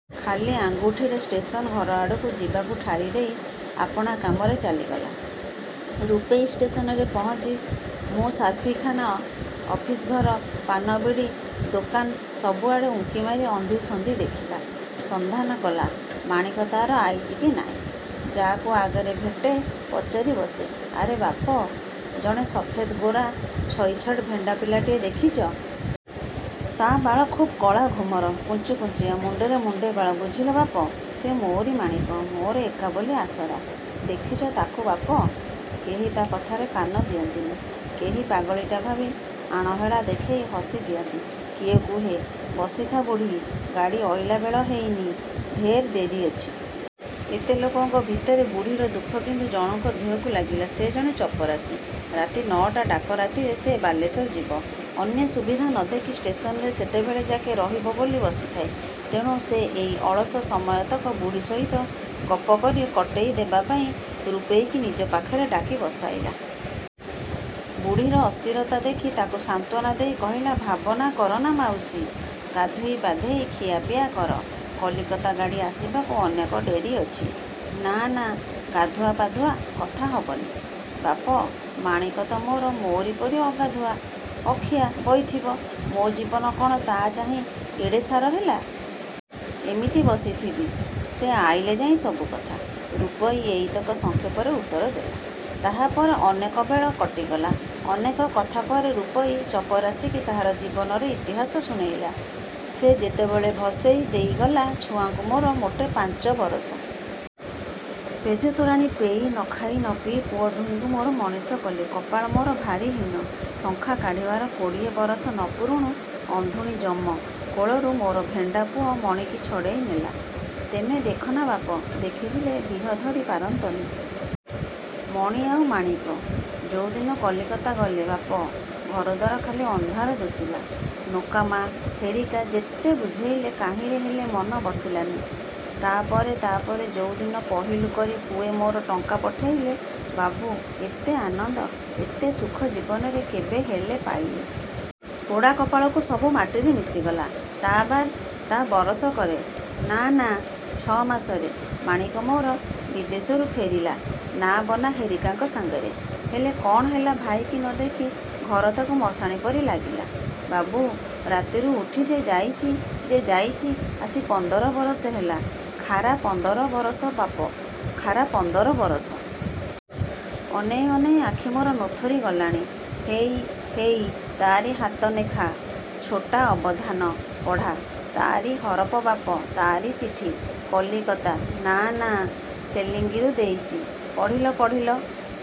ଖାଲି ଆଙ୍ଗୁଠିରେ ଷ୍ଟେସନ ଘରଆଡ଼କୁ ଯିବାକୁ ଠାରି ଦେଇ ଆପଣା କାମରେ ଚାଲିଗଲା। ରୂପେଇ ଷ୍ଟେସନରେ ପହଁଚି ମୁଶାଫିର୍ଖାନା, ଅଫିସ ଘର, ପାନବିଡ଼ି ଦୋକାନ ସବୁଆଡ଼େ ଉଁକି ମାରି ଅନ୍ଧିସନ୍ଧି ଦେଖିଲା-। ସନ୍ଧାନ କଲା–ମାଣିକ ତା'ର ଆଇଚି କି ନାଇଁ। ଯା'କୁ ଆଗରେ ଭେଟେ ପଚାରି ବସେ–ଆରେ ବାପ, ଜଣେ ସଫେତ୍ ଗୋରା, ଛଇ ଛାଡ଼ ଭେଣ୍ଡା ପିଲାଟିଏ ଦେଖିଚ। ତା' ବାଳ ଖୁବ୍ କଳା ଘୁମର, କୁଞ୍ଚୁକୁଞ୍ଚିଆ–ମୁଣ୍ଡରେ ମୁଣ୍ଡେ ବାଳ। ବୁଝିଲ ବାପ, ସେ ମୋରି ମାଣିକ–ମୋର ଏକା ବୋଲି ଆଶରା। ଦେଖିଚ ତାକୁ ବାପ? କେହି ତା' କଥାରେ କାନ ଦିଅନ୍ତିନି। କେହିବା ପାଗଳୀଟା ଭାବି ଆଣହେଳା ଦେଖେଇ ହସି ଦିଅନ୍ତି। କିଏ କୁହେ, ବସିଥା ବୁଢ଼ୀ, ଗାଡ଼ି ଅଇଲା ବେଳ ହେଇନି–ଢେର୍ ଡେରି ଅଛି। ଏତେ ଲୋକଙ୍କ ଭିତରେ ବୁଢ଼ୀର ଦୁଃଖ କିନ୍ତୁ ଜଣଙ୍କ ଦିହକୁ ଲାଗିଲା। ସେ ଜଣେ ଚପରାସି। ରାତି ନ'ଟା ଡାକ ରାତିରେ ସେ ବାଲେଶ୍ଵର ଯିବ। ଅନ୍ୟ ସୁବିଧା ନ ଦେଖି ଷ୍ଟେସନରେ ସେତେବେଳ ଯାକେ ରହିବ ବୋଲି ବସିଥାଏ। ତେଣୁ ସେ ଏଇ ଅଳସ ସମୟତକ ବୁଢ଼ୀ ସହିତ ଗପ କରି କଟେଇ ଦେବା ପାଇଁ ରୂପେଇକି ନିଜ ପାଖରେ ଡାକି ବସାଇଲା। ବୁଢ଼ୀର ଅସ୍ଥିରତା ଦେଖି ସେ ତାକୁ ସାନ୍ତ୍ଵନା ଦେଇ କହିଲା–ଭାବନା କରନା ମାଉସି, ଗାଧୋଇ ପାଧେଇ ଖିଆପିଆ କର, କଲିକତା ଗାଡ଼ି ଆସିବାକୁ ଅନେକ ଡେରି ଅଛି। –ନା, ନା, ଗାଧୁଆ ପାଧୁଆ କଥା ହବନି। ବାପ, ମାଣିକ ତ ମୋର ମୋରି ପରି ଅଗାଧୁଆ, ଅଖିଆ ବଇଥବ; ମୋ ଜୀବନ କଣ–ତା' ଚାହିଁ ଏଡ଼େ ସାର ହେଲା। ଏମିତି ବସିଥିବି, ସେ ଆଇଲେ ଯାଇ ସବୁକଥା।... ରୂପେଇ ଏଇତକ ସଂକ୍ଷେପରେ ଉତ୍ତର ଦେଲା। ତାହାପରେ ଅନେକ ବେଳ କଟିଗଲା। ଅନେକ କଥା ପରେ ରୂପେଇ ଚପରାସିକି ତାହାର ଜୀବନର ଇତିହାସ ଶୁଣେଇଲା–ସେ ଯେତେବେଳେ ଭସେଇ ଦେଇ ଗଲା, ଛୁଆଙ୍କୁ ମୋର ମୋଟେ ପାଞ୍ଚ ବରଷ। ପେଜ ତୋରାଣି ପେଇ ନଖାଇ ନପିଇ ପୁଅ ଦୁହିଁଙ୍କି ମୋର ମଣିଷ କଲି। କପାଳ ମୋର ଭାରୀ ହୀନ। ଶଙ୍ଖା କାଢ଼ିବାର କୋଡ଼ିଏ ବରଷ ନ ପୁରୁଣୁ, ଅନ୍ଧୁଣୀ ଯମ, କୋଳରୁ ମୋର ଭେଣ୍ଡା ପୁଅ ମଣିକି ଛଡ଼େଇ ନେଲା। ତେମେ ଦେଖିନା ବାପ, ଦେଖିଥିଲେ ଦିହ ଧରି ପାରନ୍ତନି। ମଣି ଆଉ ମାଣିକ ଯୋଉଦିନ କଲିକତା ଗଲେ ବାପ, ଘରଦ୍ୱାର ଖାଲି ଅନ୍ଧାର ଦୁଶିଲା। ନୋକା ମା' ହେରିକା ଯେତେ ବୁଝେଇଲେ କାହିଁରେ ହେଲେ ମନ ବସିଲାନି। ତା'ପରେ, ତା'ପରେ ଯୋଉଦିନ ପହିଲୁ କରି ପୁଏ ମୋର ଟଙ୍କା ପଠେଇଲେ ବାବୁ, ଏତେ ଆନନ୍ଦ, ଏତେ ସୁଖ ଜୀବନରେ କେବେ ହେଲେ ପାଇନି। ପୋଡ଼ା କପାଳକୁ ସବୁ ମାଟିରେ ମିଶିଗଲା। ତା ବାଦେ ତା' ବରଷକରେ ନା, ନା, ଛ'ମାସରେ ମାଣିକ ମୋର ବିଦେଶରୁ ଫେରିଲା ନାବନା ହେରିକାଙ୍କ ସାଙ୍ଗରେ। ହେଲେ କଣ ହେଲା ଭାଇକି ନଦେଖି ଘର ତାକୁ ମଶାଣି ପରି ଲାଗିଲା, ବାବୁ, ରାତିରୁ ଉଠି ଯେ ଯାଇଚି ଯେ ଯାଇଚି ଆସି ପନ୍ଦର ବରଷ ହେଲା–ଖାରା ପନ୍ଦର ବରଷ ବାପ, ଖାରା ପନ୍ଦର ବରଷ। ଅନେଇ ଅନେଇ ଆଖି ମୋର ନୋଥରି ଗଲାଣି। ହେଇ, ହେଇ, ତାରି ହାତ ନେଖା, ଛୋଟାଅବଧାନ ପଢ଼ା, ତାହାରି ହରପ ବାପ ତା'ରି ଚିଠି। କଲିକତା ନା, ନା, ଶେଲିଙ୍ଗିରୁ ଦେଇଚି। ପଢ଼ିଲ, ପଢ଼ିଲ